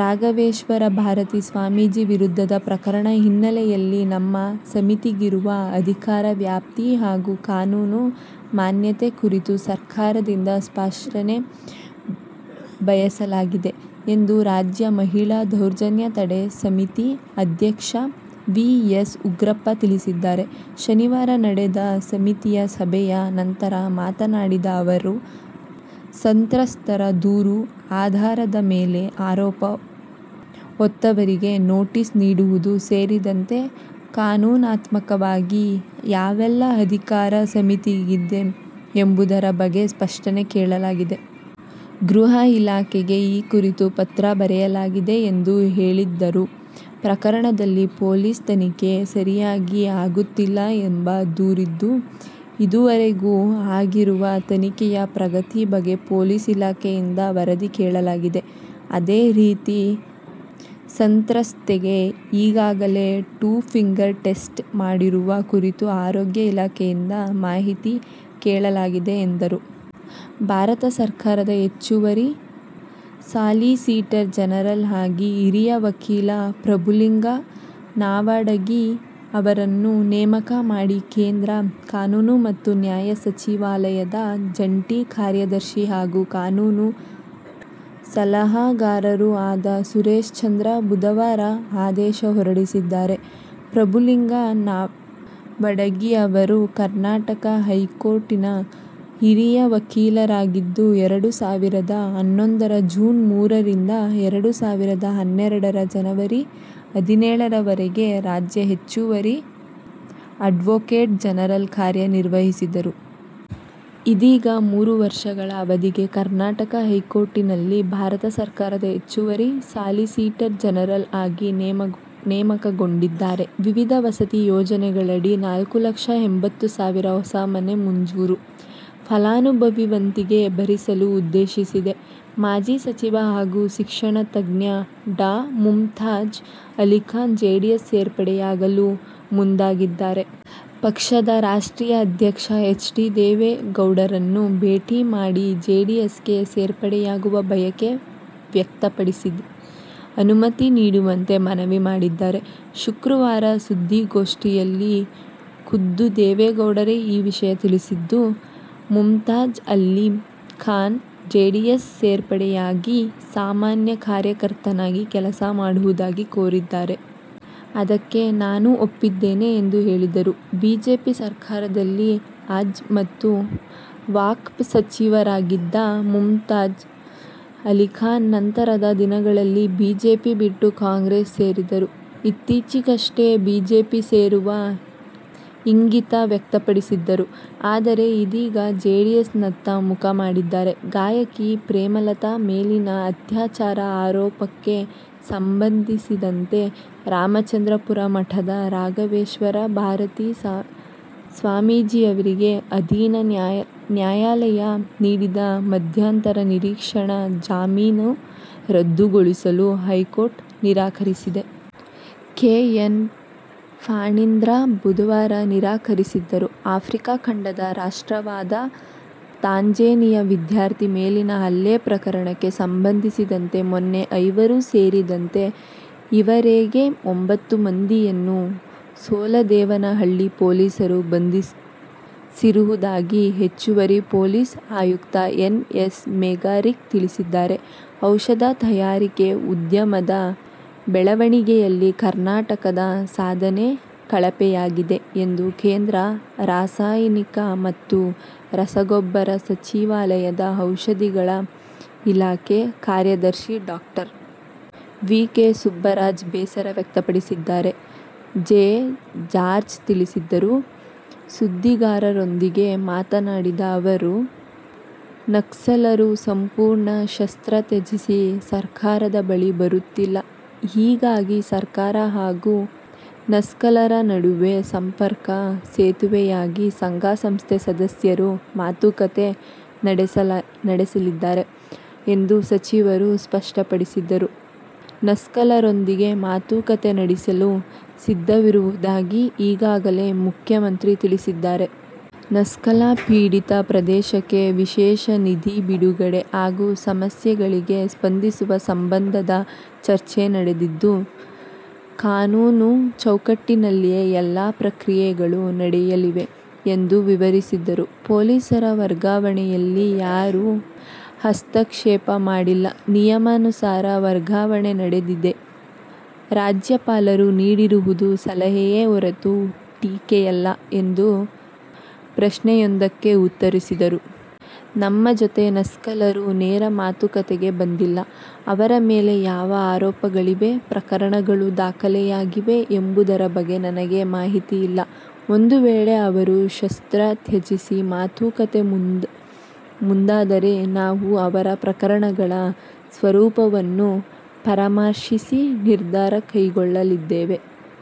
ರಾಘವೇಶ್ವರ ಭಾರತಿ ಸ್ವಾಮೀಜಿ ವಿರುದ್ಧದ ಪ್ರಕರಣದ ಹಿನ್ನೆಲೆಯಲ್ಲಿ ನಮ್ಮ ಸಮಿತಿಗಿರುವ ಅಧಿಕಾರ ವ್ಯಾಪ್ತಿ ಹಾಗೂ ಕಾನೂನು ಮಾನ್ಯತೆ ಕುರಿತು ಸರ್ಕಾರದಿಂದ ಸ್ಪಷ್ಟನೆ ಬಯಸಲಾಗಿದೆ ಎಂದು ರಾಜ್ಯ ಮಹಿಳಾ ದೌರ್ಜನ್ಯ ತಡೆ ಸಮಿತಿ ಅಧ್ಯಕ್ಷ ವಿ. ಎಸ್. ಉಗ್ರಪ್ಪ ತಿಳಿಸಿದ್ದಾರೆ. ಶನಿವಾರ ನಡೆದ ಸಮಿತಿಯ ಸಭೆಯ ನಂತರ ಮಾತನಾಡಿದ ಅವರು, ಸಂತ್ರಸ್ತರ ದೂರು ಆಧಾರದ ಮೇಲೆ ಆರೋಪ ಹೊತ್ತವರಿಗೆ ನೋಟಿಸ್ ನೀಡುವುದು ಸೇರಿದಂತೆ ಕಾನೂನಾತ್ಮಕವಾಗಿ ಯಾವೆಲ್ಲಾ ಅಧಿಕಾರ ಸಮಿತಿಗಿದೆ ಎಂಬುದರ ಬಗ್ಗೆ ಸ್ಪಷ್ಟನೆ ಕೇಳಲಾಗಿದೆ. ಗೃಹ ಇಲಾಖೆಗೆ ಈ ಕುರಿತು ಪತ್ರ ಬರೆಯಲಾಗಿದೆ ಎಂದು ಹೇಳಿದರು. ಪ್ರಕರಣದಲ್ಲಿ ಪೊಲೀಸ್ ತನಿಖೆ ಸರಿಯಾಗಿ ಆಗುತ್ತಿಲ್ಲ ಎಂಬ ದೂರಿದ್ದು, ಇದುವರೆಗೂ ಆಗಿರುವ ತನಿಖೆಯ ಪ್ರಗತಿ ಬಗ್ಗೆ ಪೊಲೀಸ್ ಇಲಾಖೆಯಿಂದ ವರದಿ ಕೇಳಲಾಗಿದೆ. ಅದೇ ರೀತಿ ಸಂತ್ರಸ್ತೆಗೆ ಈಗಾಗಲೇ "ಟೂ ಫಿಂಗರ್ ಟೆಸ್ಟ್' ಮಾಡಿರುವ ಕುರಿತು ಆರೋಗ್ಯ ಇಲಾಖೆಯಿಂದ ಮಾಹಿತಿ ಕೇಳಲಾಗಿದೆ ಎಂದರು. ಭಾರತ ಸರ್ಕಾರದ ಹೆಚ್ಚುವರಿ ಸಾಲಿಸಿಟರ್ ಜನರಲ್ ಆಗಿ ಹಿರಿಯ ವಕೀಲ ಪ್ರಭುಲಿಂಗ ನಾವಡಗಿ ಅವರನ್ನು ನೇಮಕ ಮಾಡಿ ಕೇಂದ್ರ ಕಾನೂನು ಮತ್ತು ನ್ಯಾಯ ಸಚಿವಾಲಯದ ಜಂಟಿ ಕಾರ್ಯದರ್ಶಿ ಹಾಗೂ ಕಾನೂನು ಸಲಹಾಗಾರರೂ ಆದ ಸುರೇಶ್ ಚಂದ್ರ ಬುಧವಾರ ಆದೇಶ ಹೊರಡಿಸಿದ್ದಾರೆ. ಪ್ರಭುಲಿಂಗ ನಾವಡಗಿ ಅವರು ಕರ್ನಾಟಕ ಹೈಕೋರ್ಟ್ನ ಹಿರಿಯ ವಕೀಲರಾಗಿದ್ದು, ಎರಡು ಸಾವಿರದ ಹನ್ನೊಂದರ ಜೂನ್ ಮೂರರಿಂದ ಎರಡು ಸಾವಿರದ ಹನ್ನೆರಡರ ಜನವರಿ ಹದಿನೇಳರವರೆಗೆ ರಾಜ್ಯ ಹೆಚ್ಚುವರಿ ಅಡ್ವೋಕೇಟ್ ಜನರಲ್ ಕಾರ್ಯ ನಿರ್ವಹಿಸಿದ್ದರು. ಇದೀಗ ಮೂರು ವರ್ಷಗಳ ಅವಧಿಗೆ ಕರ್ನಾಟಕ ಹೈಕೋರ್ಟ್ನಲ್ಲಿನ ಭಾರತ ಸರ್ಕಾರದ ಹೆಚ್ಚುವರಿ ಸಾಲಿಸಿಟರ್ ಜನರಲ್ ಆಗಿ ನೇಮಕಗೊಂಡಿದ್ದಾರೆ. ವಿವಿಧ ವಸತಿ ಯೋಜನೆಗಳಡಿ ನಾಲ್ಕುಲಕ್ಷ ಎಂಬತ್ತು ಸಾವಿರ ಹೊಸ ಮನೆ ಮಂಜೂರು. ಫಲಾನುಭವಿ ವಂತಿಗೆ ಭರಿಸಲು ಉದ್ದೇಶಿಸಿದೆ. ಮಾಜಿ ಸಚಿವ ಹಾಗೂ ಶಿಕ್ಷಣ ತಜ್ಞ ಡಾ ಮುಮ್ತಾಜ್ ಅಲಿಖಾನ್ ಜೆಡಿಎಸ್ ಸೇರ್ಪಡೆಯಾಗಲು ಮುಂದಾಗಿದ್ದಾರೆ. ಪಕ್ಷದ ರಾಷ್ಟ್ರೀಯ ಅಧ್ಯಕ್ಷ ಎಚ್. ಡಿ. ದೇವೇಗೌಡರನ್ನು ಭೇಟಿ ಮಾಡಿ ಜೆಡಿಎಸ್ಗೆ ಸೇರ್ಪಡೆಯಾಗುವ ಬಯಕೆ ವ್ಯಕ್ತಪಡಿಸಿ ಅನುಮತಿ ನೀಡುವಂತೆ ಮನವಿ ಮಾಡಿದ್ದಾರೆ. ಶುಕ್ರವಾರ ಸುದ್ದಿಗೋಷ್ಠಿಯಲ್ಲಿ ಖುದ್ದು ದೇವೇಗೌಡರೇ ಈ ವಿಷಯ ತಿಳಿಸಿದ್ದು, "ಮುಮ್ತಾಜ್ ಅಲಿ ಖಾನ್ ಜೆಡಿಎಸ್ ಸೇರ್ಪಡೆಯಾಗಿ ಸಾಮಾನ್ಯ ಕಾರ್ಯಕರ್ತನಾಗಿ ಕೆಲಸ ಮಾಡುವುದಾಗಿ ಕೋರಿದ್ದಾರೆ. ಅದಕ್ಕೆ ನಾನು ಒಪ್ಪಿದ್ದೇನೆ' ಎಂದು ಹೇಳಿದರು. ಬಿಜೆಪಿ ಸರ್ಕಾರದಲ್ಲಿ ಹಜ್ ಮತ್ತು ವಕ್ಫ್ ಸಚಿವರಾಗಿದ್ದ ಮುಮ್ತಾಜ್ ಅಲಿಖಾನ್ ನಂತರದ ದಿನಗಳಲ್ಲಿ ಬಿಜೆಪಿ ಬಿಟ್ಟು ಕಾಂಗ್ರೆಸ್ ಸೇರಿದ್ದರು. ಇತ್ತೀಚೆಗಷ್ಟೇ ಬಿಜೆಪಿ ಸೇರುವ ಇಂಗಿತ ವ್ಯಕ್ತಪಡಿಸಿದ್ದರು. ಆದರೆ, ಇದೀಗ ಜೆಡಿಎಸ್ನತ್ತ ಮುಖ ಮಾಡಿದ್ದಾರೆ. ಗಾಯಕಿ ಪ್ರೇಮಲತಾ ಮೇಲಿನ ಅತ್ಯಾಚಾರ ಆರೋಪಕ್ಕೆ ಸಂಬಂಧಿಸಿದಂತೆ ರಾಮಚಂದ್ರಪುರ ಮಠದ ರಾಘವೇಶ್ವರ ಭಾರತಿ ಸ್ವಾಮೀಜಿಯವರಿಗೆ ಅಧೀನ ನ್ಯಾಯಾಲಯ ನೀಡಿದ್ದ ಮಧ್ಯಂತರ ನಿರೀಕ್ಷಣಾ ಜಾಮೀನು ರದ್ದುಗೊಳಿಸಲು ಹೈಕೋರ್ಟ್ ನಿರಾಕರಿಸಿದೆ. ಕೆ. ಎನ್. ಫಣೀಂದ್ರ ಬುಧವಾರ ನಿರಾಕರಿಸಿದರು. ಆಫ್ರಿಕಾ ಖಂಡದ ರಾಷ್ಟ್ರವಾದ ತಾಂಜೇನಿಯಾ ವಿದ್ಯಾರ್ಥಿ ಮೇಲಿನ ಹಲ್ಲೆ ಪ್ರಕರಣಕ್ಕೆ ಸಂಬಂಧಿಸಿದಂತೆ ಮೊನ್ನೆ ಐವರು ಸೇರಿದಂತೆ ಈವರೆಗೆ ಒಂಬತ್ತು ಮಂದಿಯನ್ನು ಸೋಲದೇವನಹಳ್ಳಿ ಪೊಲೀಸರು ಬಂಧಿಸಿರುವುದಾಗಿ ಹೆಚ್ಚುವರಿ ಪೊಲೀಸ್ ಆಯುಕ್ತ ಎನ್ ಎಸ್ ಮೇಘರಿಕ್ ತಿಳಿಸಿದ್ದಾರೆ. ಔಷಧ ತಯಾರಿಕೆ ಉದ್ಯಮದ ಬೆಳವಣಿಗೆಯಲ್ಲಿ ಕರ್ನಾಟಕದ ಸಾಧನೆ ಕಳಪೆಯಾಗಿದೆ ಎಂದು ಕೇಂದ್ರ ರಾಸಾಯನಿಕ ಮತ್ತು ರಸಗೊಬ್ಬರ ಸಚಿವಾಲಯದ ಔಷಧಗಳ ಇಲಾಖೆ ಕಾರ್ಯದರ್ಶಿ ಡಾಕ್ಟರ್. ವಿ. ಕೆ. ಸುಬ್ಬರಾಜ್ ಬೇಸರ ವ್ಯಕ್ತಪಡಿಸಿದ್ದಾರೆ. ಜೆ. ಜಾರ್ಜ್ ತಿಳಿಸಿದರು. ಸುದ್ದಿಗಾರರೊಂದಿಗೆ ಮಾತನಾಡಿದ ಅವರು, ನಕ್ಸಲರು ಸಂಪೂರ್ಣ ಶಸ್ತ್ರ ತ್ಯಜಿಸಿ ಸರ್ಕಾರದ ಬಳಿ ಬರುತ್ತಿಲ್ಲ. ಹೀಗಾಗಿ ಸರ್ಕಾರ ಹಾಗೂ ನಕ್ಸಲರ ನಡುವೆ ಸಂಪರ್ಕ ಸೇತುವೆಯಾಗಿ ಸಂಘ-ಸಂಸ್ಥೆ ಸದಸ್ಯರು ಮಾತುಕತೆ ನಡೆಸಲಿದ್ದಾರೆ ಎಂದು ಸಚಿವರು ಸ್ಪಷ್ಟಪಡಿಸಿದರು. ನಕ್ಸಲರೊಂದಿಗೆ ಮಾತುಕತೆ ನಡೆಸಲು ಸಿದ್ಧವಿರುವುದಾಗಿ ಈಗಾಗಲೇ ಮುಖ್ಯಮಂತ್ರಿ ತಿಳಿಸಿದ್ದಾರೆ. ನಕ್ಸಲ ಪೀಡಿತ ಪ್ರದೇಶಕ್ಕೆ ವಿಶೇಷ ನಿಧಿ ಬಿಡುಗಡೆ ಹಾಗೂ ಸಮಸ್ಯೆಗಳಿಗೆ ಸ್ಪಂದಿಸುವ ಸಂಬಂಧದ ಚರ್ಚೆ ನಡೆದಿದೆ. ಕಾನೂನು ಚೌಕಟ್ಟಿನಲ್ಲಿಯೇ ಎಲ್ಲ ಪ್ರಕ್ರಿಯೆಗಳು ನಡೆಯಲಿವೆ ಎಂದು ವಿವರಿಸಿದರು. ಪೊಲೀಸರ ವರ್ಗಾವಣೆಯಲ್ಲಿ ಯಾರೂ ಹಸ್ತಕ್ಷೇಪ ಮಾಡಿಲ್ಲ. ನಿಯಮಾನುಸಾರ ವರ್ಗಾವಣೆ ನಡೆದಿದೆ. ರಾಜ್ಯಪಾಲರು ನೀಡಿರುವುದು ಸಲಹೆಯೇ ಹೊರತು ಟೀಕೆಯಲ್ಲ ಎಂದು ಪ್ರಶ್ನೆಯೊಂದಕ್ಕೆ ಉತ್ತರಿಸಿದರು. ನಮ್ಮ ಜೊತೆ ನಕ್ಸಲರು ನೇರ ಮಾತುಕತೆಗೆ ಬಂದಿಲ್ಲ, ಅವರ ಮೇಲೆ ಯಾವ ಆರೋಪಗಳಿವೆ, ಪ್ರಕರಣಗಳು ದಾಖಲಾಗಿವೆ ಎಂಬುದರ ಬಗ್ಗೆ ನನಗೆ ಮಾಹಿತಿ ಇಲ್ಲ, ಒಂದು ವೇಳೆ ಅವರು ಶಸ್ತ್ರ ತ್ಯಜಿಸಿ ಮಾತುಕತೆ ಮುಂದಾದರೆ ನಾವು ಅವರ ಪ್ರಕರಣಗಳ ಸ್ವರೂಪವನ್ನು ಪರಾಮರ್ಶಿಸಿ ನಿರ್ಧಾರ ಕೈಗೊಳ್ಳಲಿದ್ದೇವೆ.